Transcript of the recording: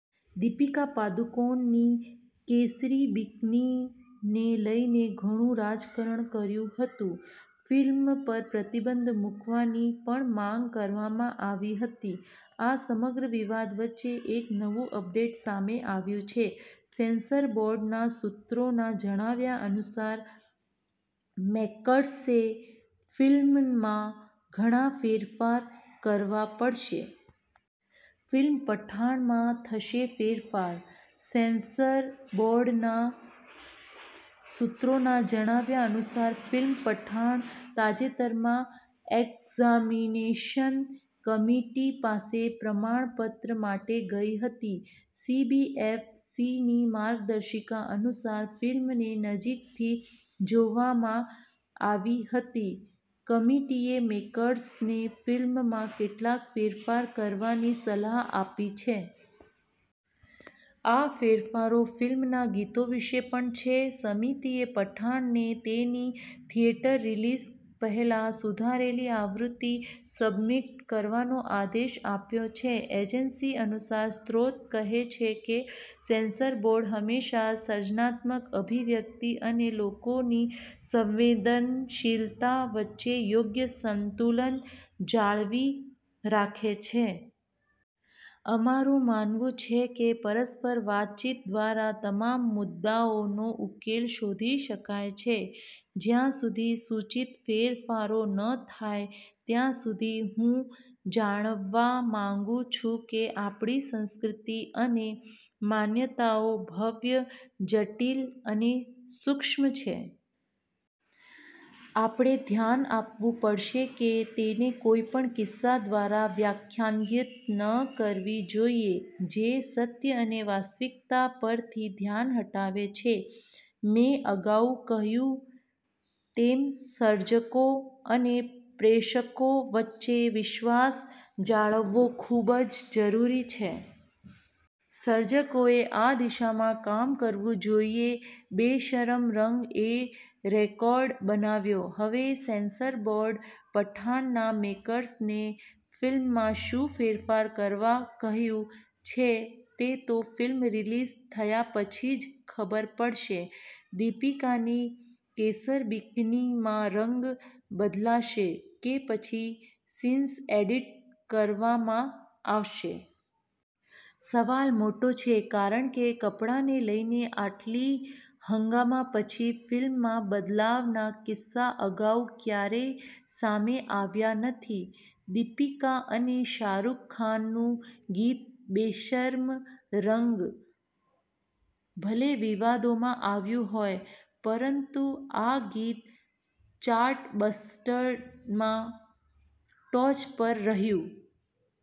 દીપિકા પાદુકોણની 'કેસરી બિકીની'ને લઈને ઘણું રાજકારણ થયું હતું. ફિલ્મ પર પ્રતિબંધ મૂકવાની પણ માંગ કરવામાં આવી હતી. આ સમગ્ર વિવાદ વચ્ચે એક નવું અપડેટ સામે આવ્યું છે. સેન્સર બોર્ડના સૂત્રોના જણાવ્યા અનુસાર મેકર્સે ફિલ્મમાં ઘણા ફેરફાર કરવા પડશે. ફિલ્મ 'પઠાણ'માં થશે ફેરફાર? સેન્સર બોર્ડના સૂત્રોના જણાવ્યા અનુસાર, ફિલ્મ પઠાણ તાજેતરમાં એક્ઝામિનેશન કમિટી પાસે પ્રમાણપત્ર માટે ગઈ હતી. સીબીએફસીની માર્ગદર્શિકા અનુસાર ફિલ્મને નજીકથી જોવામાં આવી હતી. કમિટીએ મેકર્સને ફિલ્મમાં કેટલાક ફેરફાર કરવાની સલાહ આપી છે. આ ફેરફારો ફિલ્મના ગીતો વિશે પણ છે. સમિતિએ પઠાણને તેની થિયેટર રિલીઝ પહેલાં સુધારેલી આવૃત્તિ સબમિટ કરવાનો આદેશ આપ્યો છે. એજન્સી અનુસાર, સ્ત્રોત કહે છે કે "સેન્સર બોર્ડ હંમેશા સર્જનાત્મક અભિવ્યક્તિ અને લોકોની સંવેદનશીલતા વચ્ચે યોગ્ય સંતુલન જાળવી રાખે છે. " અમારું માનવું છે કે પરસ્પર વાતચીત દ્વારા તમામ મુદ્દાઓનો ઉકેલ શોધી શકાય છે. જ્યાં સુધી સૂચિત ફેરફારો ન થાય ત્યાં સુધી, હું જણાવવા માંગુ છું કે આપણી સંસ્કૃતિ અને માન્યતાઓ ભવ્ય, જટિલ અને સૂક્ષ્મ છે. "આપણે ધ્યાન આપવું પડશે કે તેને કોઈપણ કિસ્સા દ્વારા વ્યાખ્યાયિત ન કરવી જોઈએ. જે સત્ય અને વાસ્તવિકતા પરથી ધ્યાન હટાવે છે. મેં અગાઉ કહ્યું તેમ સર્જકો અને પ્રેક્ષકો વચ્ચે વિશ્વાસ જાળવવો ખૂબ જ જરૂરી છે. સર્જકોએ આ દિશામાં કામ કરવું જોઈએ. 'બેશરમ રંગ' એ રેકોર્ડ બનાવ્યો: હવે સેન્સર બોર્ડે પઠાણના મેકર્સને ફિલ્મમાં શું ફેરફાર કરવા કહ્યું છે, તે તો ફિલ્મ રિલીઝ થયા પછી જ ખબર પડશે. દીપિકાની 'કેસર બિકીની'માં રંગ બદલાશે કે પછી સીન્સ એડિટ કરવામાં આવશે? સવાલ મોટો છે, કારણ કે કપડાને લઈને આટલી હંગામા પછી ફિલ્મમાં બદલાવના કિસ્સા અગાઉ ક્યારેય સામે આવ્યા નથી. દીપિકા અને શાહરૂખનું ગીત બેશરમ રંગ ભલે વિવાદોમાં આવ્યું હોય, પરંતુ આ ગીત ચાર્ટબસ્ટરમાં ટોચ પર રહ્યું.